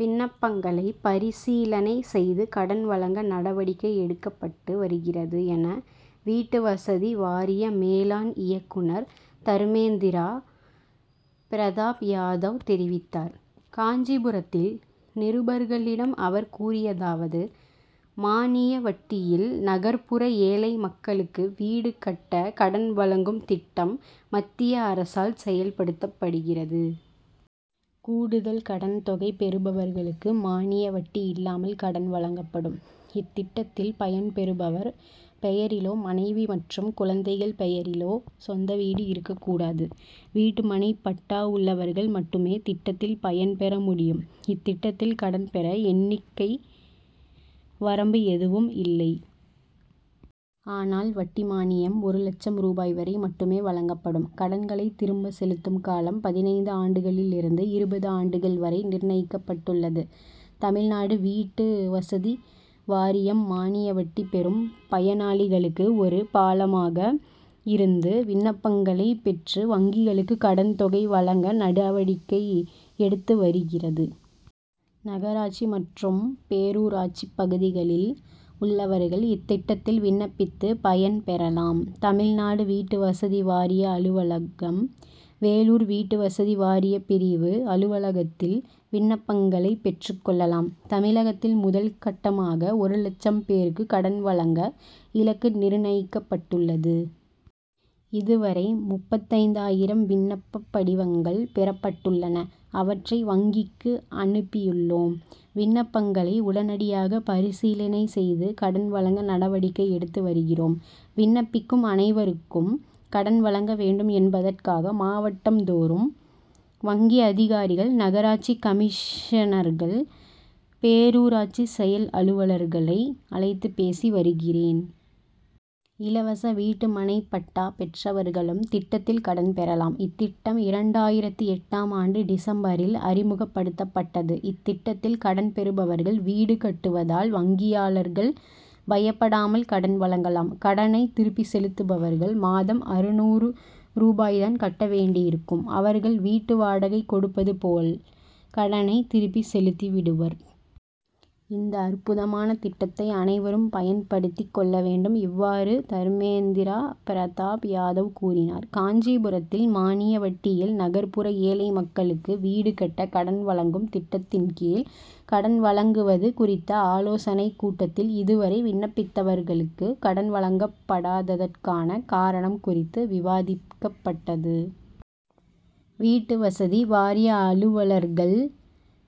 விண்ணப்பங்களை பரிசீலனை செய்து கடன் வழங்க நடவடிக்கை எடுக்கப்பட்டு வருகிறது என வீட்டு வசதி வாரிய மேலாண் இயக்குனர் தர்மேந்திரா பிரதாப் யாதவ் தெரிவித்தார். காஞ்சிபுரத்தில் நிருபர்களிடம் அவர் கூறியதாவது:மானிய வட்டியில் நகர்ப்புற ஏழை மக்களுக்கு வீடு கட்ட கடன் வழங்கும் திட்டம் மத்திய அரசால் செயல்படுத்தப்படுகிறது. கூடுதல் கடன் தொகை பெறுபவர்களுக்கு மானிய வட்டி இல்லாமல் கடன் வழங்கப்படும். இத்திட்டத்தில் பயன்பெறுபவர் பெயரிலோ, மனைவி மற்றும் குழந்தைகள் பெயரிலோ சொந்த வீடு இருக்கக் கூடாது. வீட்டுமனைப் பட்டா உள்ளவர்கள் மட்டுமே திட்டத்தில் பயன்பெற முடியும். இத்திட்டத்தில் கடன் பெற எண்ணிக்கை வரம்பு எதுவும் இல்லை. ஆனால், வட்டி மானியம் ஒரு லட்சம் ரூபாய் வரை மட்டுமே வழங்கப்படும். கடன்களை திரும்ப செலுத்தும் காலம், பதினைந்து ஆண்டுகளிலிருந்து இருபது ஆண்டுகள் வரை நிர்ணயிக்கப்பட்டுள்ளது. தமிழ்நாடு வீட்டு வசதி வாரியம் மானிய வட்டி பெறும் பயனாளிகளுக்கு ஒரு பாலமாக இருந்து விண்ணப்பங்களைப் பெற்று வங்கிகளுக்கு கடன் தொகை வழங்க நடவடிக்கை எடுத்து வருகிறது. நகராட்சி மற்றும் பேரூராட்சிப் பகுதிகளில் உள்ளவர்கள் இத்திட் டத்தில் விண்ணப்பித்து பயன்பெறலாம். தமிழ்நாடு வீட்டு வசதி வாரிய அலுவலகம், வேலூர் வீட்டு வசதி வாரியப் பிரிவு அலுவலகத்தில் விண்ணப்பங்களைப் பெற்றுக் கொள்ளலாம். தமிழகத்தில் முதல் கட்டமாக ஒரு லட்சம் பேருக்கு கடன் வழங்க இலக்கு நிர்ணயிக்கப்பட்டுள்ளது. இதுவரை முப்பத்தைந்து ஆயிரம் விண்ணப்பப் படிவங்கள் பெறப் பட்டுள்ளன. அவற்றை வங்கிக்கு அனுப்பியுள்ளோம். விண்ணப்பங்களை உடனடியாக பரிசீலனை செய்து கடன் வழங்க நடவடிக்கை எடுத்து வருகிறோம். விண்ணப்பிக்கும் அனைவருக்கும் கடன் வழங்க வேண்டும் என்பதற்காக மாவட்டம்தோறும் வங்கி அதிகாரிகள், நகராட்சி கமிஷனர்கள், பேரூராட்சி செயல் அலுவலர்களை அழைத்து பேசி வருகிறேன். இலவச வீட்டுமனைப்பட்டா பெற்றவர்களும் திட்டத்தில் கடன் பெறலாம். இத்திட்டம் இரண்டாயிரத்து எட்டாம் ஆண்டு டிசம்பரில் அறிமுகப்படுத்தப்பட்டது. இத்திட்டத்தில் கடன் பெறுபவர்கள் வீடு கட்டுவதால் வங்கியாளர்கள் பயப்படாமல் கடன் வழங்கலாம். கடனை திருப்பி செலுத்துபவர்கள் மாதம் அறுநூறு ரூபாய் தான் கட்ட வேண்டியிருக்கும். அவர்கள் வீட்டு வாடகை கொடுப்பதுபோல் கடனை திருப்பி செலுத்திவிடுவர். இந்த அற்புதமான திட்டத்தை அனைவரும் பயன்படுத்திக் கொள்ள வேண்டும். இவ்வாறு தர்மேந்திரா பிரதாப் யாதவ் கூறினார். காஞ்சிபுரத்தில் மானிய வட்டியில் நகர்ப்புற ஏழை மக்களுக்கு வீடு கட்ட கடன் வழங்கும் திட்டத்தின் கீழ் கடன் வழங்குவது குறித்த ஆலோசனைக் கூட்டத்தில் இதுவரை விண்ணப்பித்தவர்களுக்கு கடன் வழங்கப்படாததற்கான காரணம் குறித்து விவாதிக்கப்பட்டது. வீட்டு வசதி வாரிய அலுவலர்கள்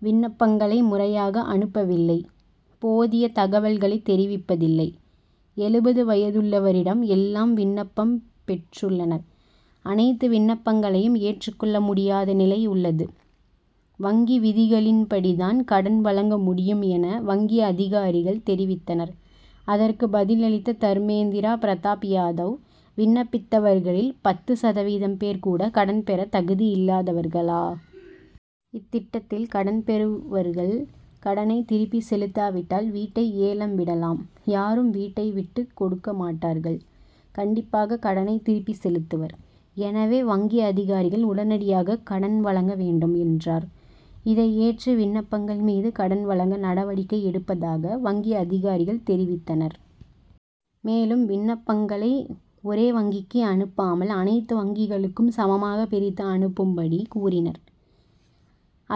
விண்ணப்பங்களை முறையாக அனுப்பவில்லை. போதிய தகவல்களை தெரிவிப்பதில்லை. எழுபது வயதுள்ளவரிடம் எல்லாம் விண்ணப்பம் பெற்றுள்ளனர். அனைத்து விண்ணப்பங்களையும் ஏற்றுக்கொள்ள முடியாத நிலை உள்ளது. வங்கி விதிகளின்படிதான் கடன் வழங்க முடியும் என, வங்கி அதிகாரிகள் தெரிவித்தனர். அதற்கு பதிலளித்த தர்மேந் திரா பிரதாப் யாதவ், விண்ணப்பித்தவர்களில் பத்து சதவீதம் பேர் கூட கடன் பெற தகுதியில்லாதவர்களா? இத்திட்டத்தில் கடன் பெறுவர்கள் கடனை திருப்பி செலுத்தாவிட்டால் வீட்டை ஏலம் விடலாம். யாரும் வீட்டை விட்டுக் கொடுக்க மாட்டார்கள். கண்டிப்பாக கடனை திருப்பி செலுத்துவர். எனவே வங்கி அதிகாரிகள் உடனடியாக கடன் வழங்க வேண்டும்,'' என்றார். இதை ஏற்று விண்ணப்பங்கள் மீது கடன் வழங்க நடவடிக்கை எடுப்பதாக வங்கி அதிகாரிகள் தெரிவித்தனர். மேலும் விண்ணப் பங்களை ஒரே வங்கிக்கு அனுப்பாமல் அனைத்து வங்கிகளுக்கும் சமமாக பிரித்து அனுப்பும்படி கூறினர்.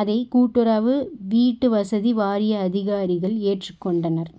அதை கூட்டுறவு வீட்டு வசதி வாரிய அதிகாரிகள் ஏற்றுக் கொண்டனர்.